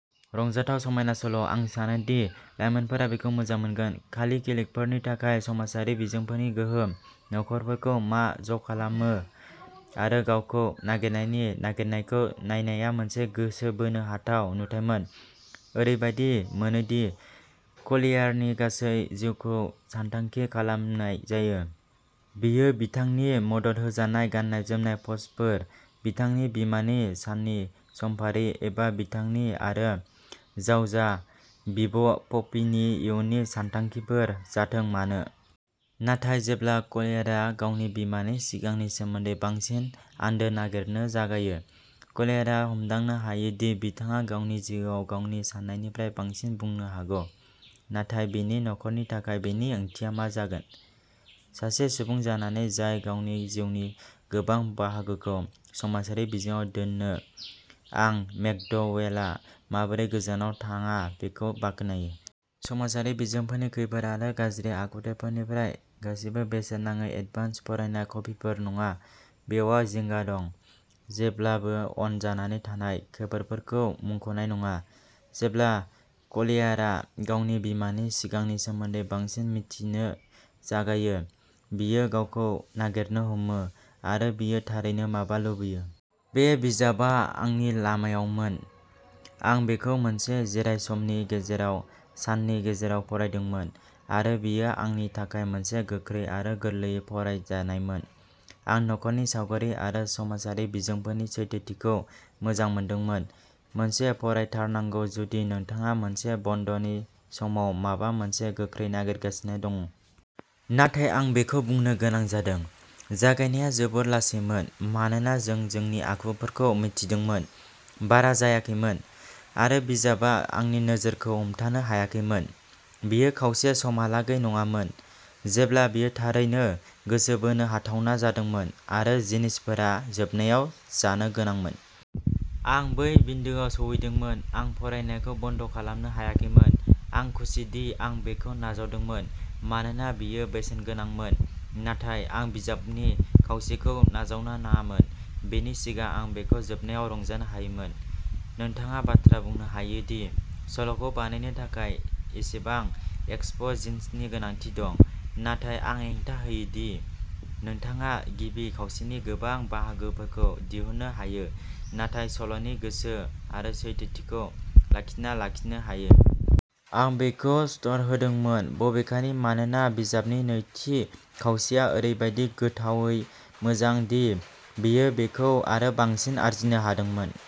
रंजाथाव, समायना सल'। आं सानोदि लाइमोनफोरा बेखौ मोजां मोनगोन। खालि क्लिकफोरनि थाखाय समाजारि बिजोंफोरनि गोहोम, नखरफोरखौ मा ज'खालामो, आरो गावखौ नागिरनायनि नागिरनायखौ नायनाया मोनसे गोसो बोनो हाथाव नुथायमोन। ओरैबायदि मोनोदि क्लेयारनि गासै जिउखौ सानथांखि खालामनाय जायो, बेयो बिथांनि मदद होजानाय गाननाय-जोमनाय पस्टफोर, बिथांनि बिमानि साननि समफारि, एबा बिथांनि आरो जावजा बिब'पपिनि इयुननि सानथांखिफोर जाथों मानो। नाथाय जेब्ला क्लेयारआ गावनि बिमानि सिगांनि सोमोन्दै बांसिन आन्दो नागिरनो जागायो, क्लेयारआ हमदांनो हायो दि बिथाङा गावनि जिउआव गावनि सान्नायनिफ्राय बांसिन बुंनो हागौ। नाथाय बिनि नखरनि थाखाय बेनि ओंथिया मा जागोन? सासे सुबुं जानानै जाय गावसोरनि जिउनि गोबां बाहागोखौ समाजारि बिजोंआव दोनो, आं मेकड'वेलआ माबोरै गोजानाव थाङा बेखौ बाख्नायो। समाजारि बिजोंफोरनि खैफोद आरो गाज्रि आखुथायफोरनिफ्राय। गासैबो बेसेन नाङै एडभान्स फरायनाय कपिफोर नङा, बेयाव जिंगा दं, जेब्लाबो'अन'जानानै थानाय, खैफोदफोरखौ मुंख'नाय नङा। जेब्ला क्लेयारआ गावनि बिमानि सिगांनि सोमोन्दै बांसिन मिथिनो जागायो, बियो गावखौ नागिरनो हमो, आरो बियो थारैनो मा लुबैयो। बे बिजाबआ आंनि लामायावमोन! आं बेखौ मोनसे जिरायसमनि गेजेराव साननि गेजेराव फरायदोंमोन आरो बेयो आंनि थाखाय मोनसे गोख्रै आरो गोरलैयै फरायजानायमोन! आं नखरनि सावगारि आरो समाजारि बिजोंफोरनि सैथोथिखौ मोजां मोनदोंमोन। मोनसे फरायथारनांगौ जुदि नोंथाङा मोनसे बन्द'नि समाव माबा मोनसे गोख्रै नागिरगासिनो दं! नाथाय आं बेखौ बुंनो गोनां जादोंः जागायनाया जोबोद लासैमोन मानोना जों जोंनि आखुफोरखौ मिन्थिदोंमोन। बारा जायाखैमोन, आरो बिजाबआ आंनि नोजोरखौ हमथानो हायाखैमोन। बेयो खावसे समहालागै नङामोन जेब्ला बेयो थारैनो गोसो बोनो हाथावना जादोंमोन आरो जिनिसफोरा जोबनायाव जानो गोनांमोन। आं बै बिन्दोआव सौहैदोंमोन, आं फरायनायखौ बन्द'खालामनो हायाखैमोन। आं खुसिदि आं बेखौ नाजावदोंमोन मानोना बेयो बेसेनगोनांमोन, नाथाय आं बिजाबनि खावसेखौ नाजावनो नाङामोन बेनि सिगां आं बेखौ जोबनायाव रंजानो हायोमोन। नोंथाङा बाथ्रा बुंनो हायोदि सल'खौ बानायनो थाखाय एसेबां एक्सप'जिशननि गोनांथि दं, नाथाय आं हेंथा होयो दि नोंथाङा गिबि खावसेनि गोबां बाहागोफोरखौ दिहुननो हायो, नाथाय सल'नि गोसो आरो सैथोथिखौ लाखिना लाखिनो हायो। आं बेखौ स्टार होदोंमोन, बबेखानि, मानोना बिजाबनि नैथि खावसेया ओरैबायदि गोथावै मोजां दि बेयो बेखौ आरो बांसिन आर्जिनो हादोंमोन।